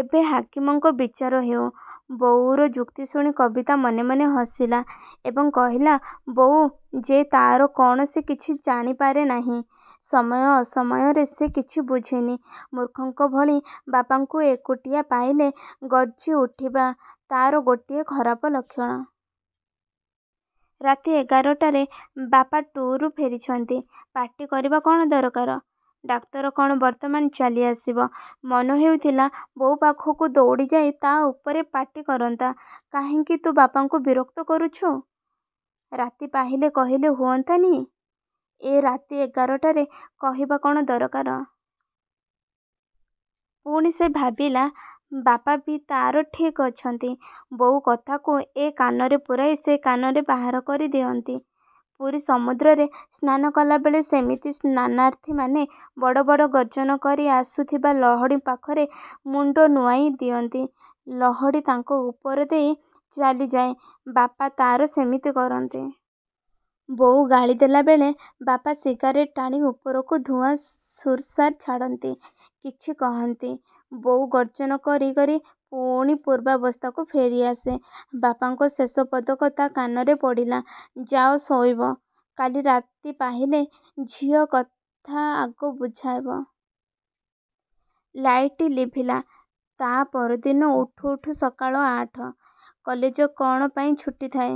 ଏବେ ହାକିମଙ୍କ ବିଚାର ହେଉ। ବୋଉର ଯୁକ୍ତିଶୁଣି କବିତା ମନେ ମନେ ହସିଲା, ଏବଂ କହିଲା ବୋଉ ଯେ ତା'ର କ'ଣ ସେ କିଛି ଜାଣିପାରେ ନାହିଁ। ସମୟ ଅସମୟରେ ସେ କିଛି ବୁଝେନି। ମୂର୍ଖଙ୍କ ଭଳି ବାପାଙ୍କୁ ଏକୁଟିଆ ପାଇଲେ ଗର୍ଜ୍ଜିଉଠିବା ତା'ର ଗୋଟିଏ ଖରାପ ଲକ୍ଷଣ। ରାତି ଏଗାରଟାରେ ବାପା ଟୁର୍ରୁ ଫେରିଛନ୍ତି। ପାଟି କରିବା କ'ଣ ଦରକାର? ଡାକ୍ତର କ'ଣ ବର୍ତ୍ତମାନ ଚାଲିଆସିବ। ମନ ହେଉଥିଲା ବୋଉ ପାଖକୁ ଦୌଡ଼ିଯାଇ ତା' ଉପରେ ପାଟିକରନ୍ତା, କାହିଁକି ତୁ ବାପାଙ୍କୁ ବିରକ୍ତ କରୁଛୁ? ରାତି ପାହିଲେ କହିଲେ ହୁଅନ୍ତା ନି? ଏ ରାତି ଏଗାରଟାରେ କହିବା କ'ଣ ଦରକାର। ପୁଣି ସେ ଭାବିଲା, ବାପା ବି ତା'ର ଠିକ୍ ଅଛନ୍ତି। ବୋଉ କଥାକୁ ଏ କାନରେ ପୂରାଇ ସେ କାନରେ ବାହାର କରି ଦିଅନ୍ତି। ପୁରୀ ସମୁଦ୍ରରେ ସ୍ନାନ କଲାବେଳେ ସେମିତି ସ୍ନାନାର୍ଥୀମାନେ ବଡ଼ ବଡ଼ ଗର୍ଜ୍ଜନ କରି ଆସୁଥିବା ଲହଡ଼ି ପାଖରେ ମୁଣ୍ଡ ନୁଆଁଇ ଦିଅନ୍ତି, ଲହଡ଼ି ତାଙ୍କ ଉପରେ ଦେଇ ଚାଲିଯାଏ ବାପା ତା'ର ସେମିତି କରନ୍ତି। ବୋଉ ଗାଳିଦେଲା ବେଳେ ବାପା ସିଗାରେଟ୍ ଟାଣି ଉପରକୁ ଧୂଆଁ ସୁର୍ ସାର୍ ଛାଡ଼ନ୍ତି। କିଛି କହନ୍ତି। ବୋଉ ଗର୍ଜ୍ଜନ କରି କରି ପୁଣି ପୂର୍ବାବସ୍ଥାକୁ ଫେରି ଆସେ। ବାପାଙ୍କ ଶେଷପଦକ ତା' କାନରେ ପଡ଼ିଲା, ଯାଅ ଶୋଇବ। କାଲି ରାତି ପାହିଲେ ଝିଅକଥା ଆଗ ବୁଝାହେବ। ଲାଇଟି ଲିଭିଲା। ତା' ପରଦିନ ଉଠୁ ଉଠୁ ସକାଳ ଆଠ। କଲେଜ କ'ଣ ପାଇଁ ଛୁଟି ଥାଏ।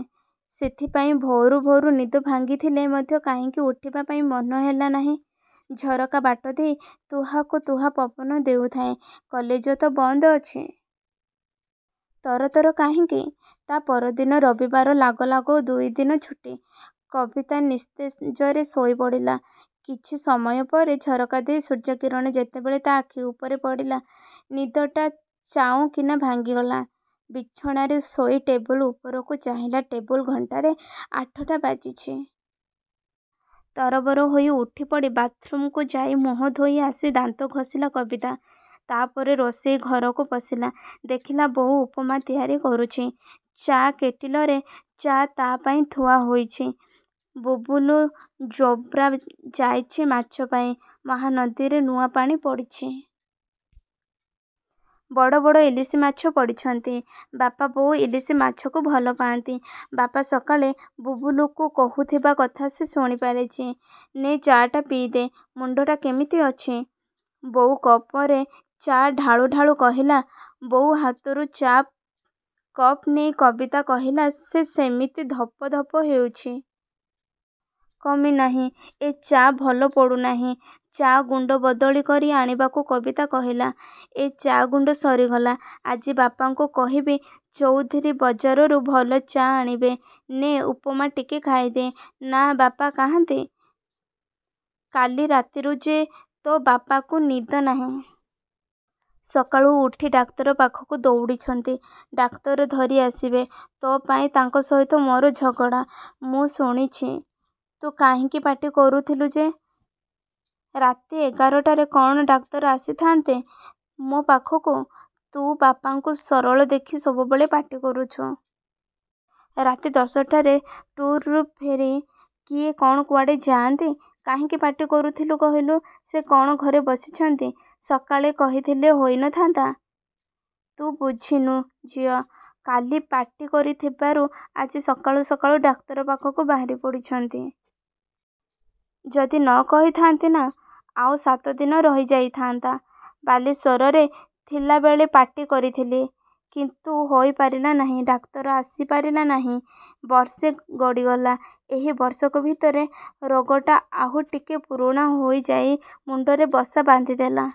ସେଥିପାଇଁ ଭୋରୁ ଭୋରୁ ନିଦ ଭାଙ୍ଗିଥିଲେ ମଧ୍ୟ କାହିଁକି ଉଠିବା ପାଇଁ ମନ ହେଲା ନାହିଁ। ଝରକା ବାଟଦେଇ ତୁହାକୁ ତୁହା ପବନ ଦେଉଥାଏ। କଲେଜ ତ ବନ୍ଦ ଅଛି। ତର ତର କାହିଁକି? ତା' ପରଦିନ ରବିବାର ଲାଗ ଲାଗ ଦୁଇଦିନ ଛୁଟି। କବିତା ନିସ୍ତେଜରେ ଶୋଇପଡ଼ିଲା। କିଛି ସମୟ ପରେ ଝରକା ଦେଇ ସୂର୍ଯ୍ୟକିରଣ ଯେତେବେଳେ ତା' ଆଖି ଉପରେ ପଡ଼ିଲା। ନିଦଟା ଚାଉଁକିନା ଭାଙ୍ଗିଗଲା। ବିଛଣାରେ ଶୋଇ ଟେବୁଲ୍ ଉପରକୁ ଚାହିଁଲା ଟେବୁଲ୍ ଘଣ୍ଟାରେ ଆଠଟା ବାଜିଛି। ତରବର ହୋଇ ଉଠିପଡ଼ି ବାଥ୍ରୁମ୍କୁ ଯାଇଁ ମୁହଁ ଧୋଇ ଆସି ଦାନ୍ତ ଘଷିଲା କବିତା। ତା' ପରେ ରୋଷେଇ ଘରକୁ ପଶିଲା। ଦେଖିଲା ବୋଉ ଉପମା ତିଆରି କରୁଛି। ଚା'କେଟିଲରେ ଚା' ତା' ପାଇଁ ଥୁଆ ହୋଇଛି। ବୁବୁଲୁ ଯୋବ୍ରା ଯାଇଛି ମାଛ ପାଇଁ, ମହାନଦୀରେ ନୂଆ ପାଣି ପଡ଼ିଛି। ବଡ଼ ବଡ଼ ଇଲିଶି ମାଛ ପଡ଼ିଛନ୍ତି। ବାପା, ବୋଉ ଇଲିଶି ମାଛକୁ ଭଲ ପାଆନ୍ତି। ବାପା ସକାଳେ ବୁବୁଲୁକୁ କହୁଥିବା କଥା ସେ ଶୁଣି ପାରିଛି। ନେ ଚା'ଟା ପିଇଦେ। ମୁଣ୍ଡଟା କିମିତି ଅଛି? ବୋଉ କପରେ ଚା' ଢାଳୁ ଢାଳୁ କହିଲା। ବୋଉ ହାତରୁ ଚା' କପ୍ ନେଇ କବିତା କହିଲା ସେମିତି ଧପ ଧପ ହେଉଛି। କମିନାହିଁ। ଏ ଚା' ଭଲ ପଡ଼ୁନାହିଁ, ଚା' ଗୁଣ୍ଡ ବଦଳି କରି ଆଣିବାକୁ କବିତା କହିଲା। ଏ ଚା' ଗୁଣ୍ଡ ସରିଗଲା। ଆଜି ବାପାଙ୍କୁ କହିବି ଚୌଧୁରୀବଜାରରୁ ଭଲ ଚା' ଆଣିବେ। ନେ ଉପମା ଟିକେ ଖାଇଦେ। ନାଁ, ବାପା କାହାନ୍ତି? କାଲି ରାତିରୁ ଯେ ତୋ' ବାପାକୁ ନିଦ ନାହିଁ। ସକାଳୁ ଉଠି ଡାକ୍ତର ପାଖକୁ ଦୌଡ଼ିଛନ୍ତି। ଡାକ୍ତର ଧରି ଆସିବେ। ତୋ' ପାଇଁ ତାଙ୍କ ସହିତ ମୋର ଝଗଡ଼ା। ମୁଁ ଶୁଣିଛି। ତୁ କାହିଁକି ପାଟି କରୁଥିଲୁ ଯେ। ରାତି ଏଗାରଟାରେ କ'ଣ ଡାକ୍ତର ଆସିଥାନ୍ତେ ମୋ ପାଖକୁ। ତୁ ବାପାଙ୍କୁ ସରଳ ଦେଖି ସବୁବେଳେ ପାଟି କରୁଛୁ। ରାତି ଦଶଟାରେ ଟୁର୍ରୁ ଫେରି କିଏ କ'ଣ କୁଆଡ଼େ ଯାଆନ୍ତି। କାହିଁକି ପାଟି କରୁଥିଲୁ କହିଲୁ। ସେ କ'ଣ ଘରେ ବସିଛନ୍ତି। ସକାଳେ କହିଥିଲେ ହୋଇ ନ ଥା'ନ୍ତା? ତୁ ବୁଝିନୁ ଝିଅ। କାଲି ପାଟି କରିଥିବାରୁ ଆଜି ସକାଳୁ ସକାଳୁ ଡାକ୍ତର ପାଖକୁ ବାହାରି ପଡ଼ିଛନ୍ତି। ଯଦି ନ କହିଥା'ନ୍ତି ନା; ଆଉ ସାତ ଦିନ ରହିଯାଇ ଥା'ନ୍ତା। ବାଲେଶ୍ୱରରେ ଥିଲାବେଳେ ପାଟି କରିଥିଲି। କିନ୍ତୁ ହୋଇପାରିଲା ନାହିଁ। ଡାକ୍ତର ଆସି ପାରିଲା ନାହିଁ ବର୍ଷେ ଗଡ଼ିଗଲା। ଏହି ବର୍ଷକ ଭିତରେ ରୋଗଟା ଆଉ ଟିକେ ପୁରୁଣା ହୋଇଯାଇ ମୁଣ୍ଡରେ ବସା ବାନ୍ଧିଦେଲା।